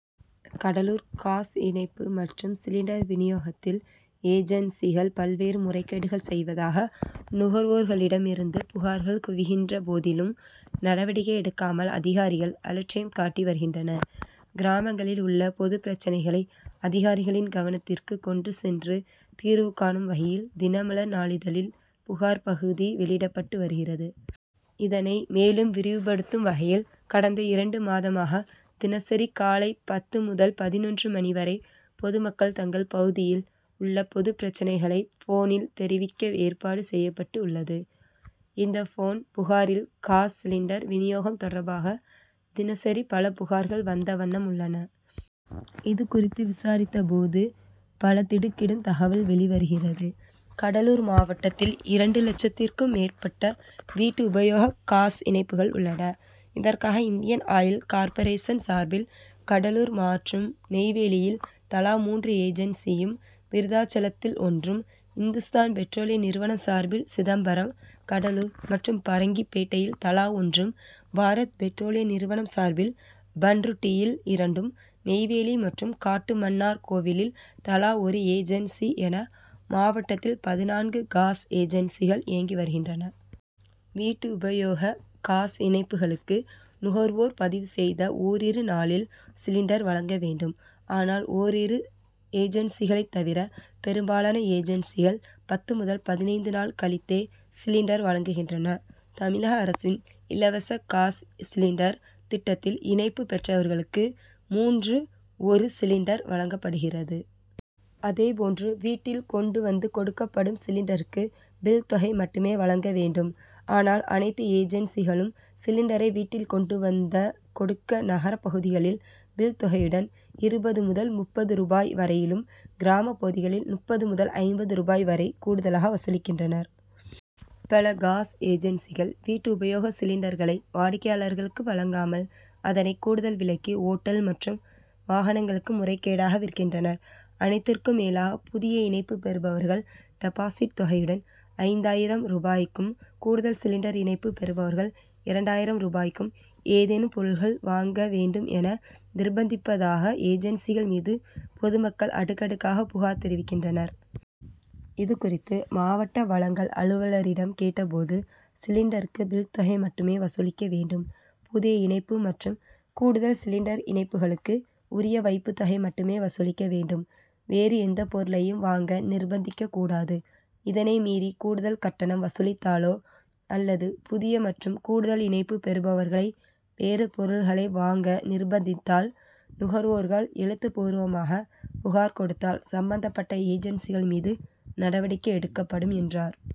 Cuddalore gas இணைப்பு மற்றும் cylinder வினியோகத்தில் ஏஜன்சிகள் பல்வேறு முறைகேடுகள் செய்வதாக நுகர்வோர்களிடம் இருந்து புகார்கள் குவிகின்ற போதிலும், நடவடிக்கை எடுக்காமல் அதிகாரிகள் அலட்சியம் காட்டி வருகின்றனர். கிராமங்களில் உள்ள பொதுப் பிரச்னைகளை அதிகாரிகளின் கவனத்திற்கு கொண்டு சென்று, தீர்வு காணும் வகையில் தினமலர் நாளிதழில் புகார் பகுதி வெளியிடப்பட்டு வருகிறது. இதனை மேலும் விரிவுப்படுத்தும் வகையில் கடந்த இரண்டு மாதமாக தினசரி காலை பத்து முதல் பதினொன்று மணி வரை பொதுமக்கள் தங்கள் பகுதியில் உள்ள பொதுப் பிரச்னைகளை போனில் தெரிவிக்க ஏற்பாடு செய்யப்பட்டுள்ளது. இந்த போன் புகாரில் காஸ் சிலிண்டர் வினியோகம் தொடர்பாக தினசரி பல புகார்கள் வந்த வண்ணம் உள்ளன. இதுகுறித்து விசாரித்தபோது பல திடுக்கிடும் தகவல் வெளி வருகிறது. கடலூர் மாவட்டத்தில் இரண்டு லட்சத்திற்கும் மேற்பட்ட வீட்டு உபயோக காஸ் இணைப்புகள் உள்ளன. இதற்காக இந்தியன் ஆயில் கார்பரேஷன் சார்பில் கடலூர் மற்றும் நெய்வேலியில் தலா மூன்று ஏஜன்சியும், விருத்தாசலத்தில் ஒன்றும், இந்துஸ்தான் பெட்ரோலிய நிறுவனம் சார்பில் சிதம்பரம், கடலூர் மாற்றம் பரங்கிப்பேட்டையில் தலா ஒன்றும், பாரத்பெட்ரோலிய நிறுவனம் சார்பில் பண்ருட்டியில் இரண்டும், நெய்வேலி மற்றும் காட்டுமன்னார் கோவிலில் தலா ஒரு ஏஜன்சி என மாவட்டத்தில் பதினான்கு காஸ் ஏஜன்சிகள் இயங்கி வருகின்றன. வீட்டு உபயோக காஸ் இணைப்புகளுக்கு நுகர் வோர் பதிவு செய்த ஓரிரு நாளில் சிலிண்டர் வழங்க வேண்டும். ஆனால் ஓரிரு ஏஜன்சிகளைத் தவிர பெரும்பாலான ஏஜன்சிகள் பத்து முதல் பதினைந்து நாள் கழித்தே சிலிண்டர் வழங்குகின்றன. தமிழக அரசின் இலவச காஸ் சிலிண்டர் திட்டத்தில் இணைப்பு பெற்றவர்களுக்கு மூன்று ஒரு சிலிண்டர் வழங்கப்படுகிறது. அதேப்போன்று வீட்டில் கொண்டு வந்து கொடுக்கப்படும் சிலிண்டருக்கு பில்' தொகை மட்டுமே வழங்க வேண்டும். ஆனால் அனைத்து ஏஜன்சிகளும் சிலிண்டரை வீட்டில் கொண்டு வந்த கொடுக்க நகர பகுதிகளில் பில் தொகையுடன் இருபது முதல் முப்பது ரூபாய் வரையிலும், கிராமப் பகுதிகளில் முப்பது முதல் ஐம்பது ரூபாய் வரை கூடுதலாக வசூலிக்கின்றனர். பல காஸ் ஏஜன்சிகள் வீட்டு உபயோக சிலிண்டர்களை வாடிக்கையாளர்களுக்கு வழங்காமல், அதனை கூடுதல் விலைக்கு ஓட்டல் மற்றும் வாகனங்களுக்கு முறைகேடாக விற்கின்றனர். அனைத்திற்கும் மேலாக புதிய இணைப்பு பெறுபவர்கள் டெபாசிட் தொகையுடன், ஐந்தாயிரம் ரூபாயக்கும், கூடுதல் சிலிண்டர் இணைப்பு பெறுபவர்கள் இரண்டாயிரம் ரூபாய்க்கு ஏதேனும் பொருட்கள் வாங்க வேண்டும் என நிர்பந்திப்பதாக ஏஜன்சிகள் மீது பொதுமக்கள் அடுக்கடுக்காக புகார் தெரிவிக்கின்றனர். இதுகுறித்து மாவட்ட வழங்கல் அலுவலரிடம் கேட்டபோது, சிலிண்டருக்கு பில் தொகை மட்டுமே வசூலிக்க வேண்டும். புதிய இணைப்பு மற்றும் கூடுதல் சிலிணடர் இணைப்புகளுக்கு உரிய வைப்புத்தொகை மட்டுமே வசூலிக்க வேண்டும். வேறு எந்தபொருளையும் வாங்க நிர்பந்திக்கக்கூடாது. இதனை மீறி கூடுதல் கட்டணம் வசூலித்தாலோ அல்லது புதிய மற்றும் கூடுதல் இணைப்பு பெறுபவர்களை வேறு பொருட்களை வாங்க நிர்பந்தித்தால் நுகர்வோர்கள் எழுத்து பூர்வமாக புகார் கொடுத்தால் சம்மந்தப்பட்ட ஏஜன்சிகள் மீது நடவடிக்கை எடுக்கப்படும் என்றார்.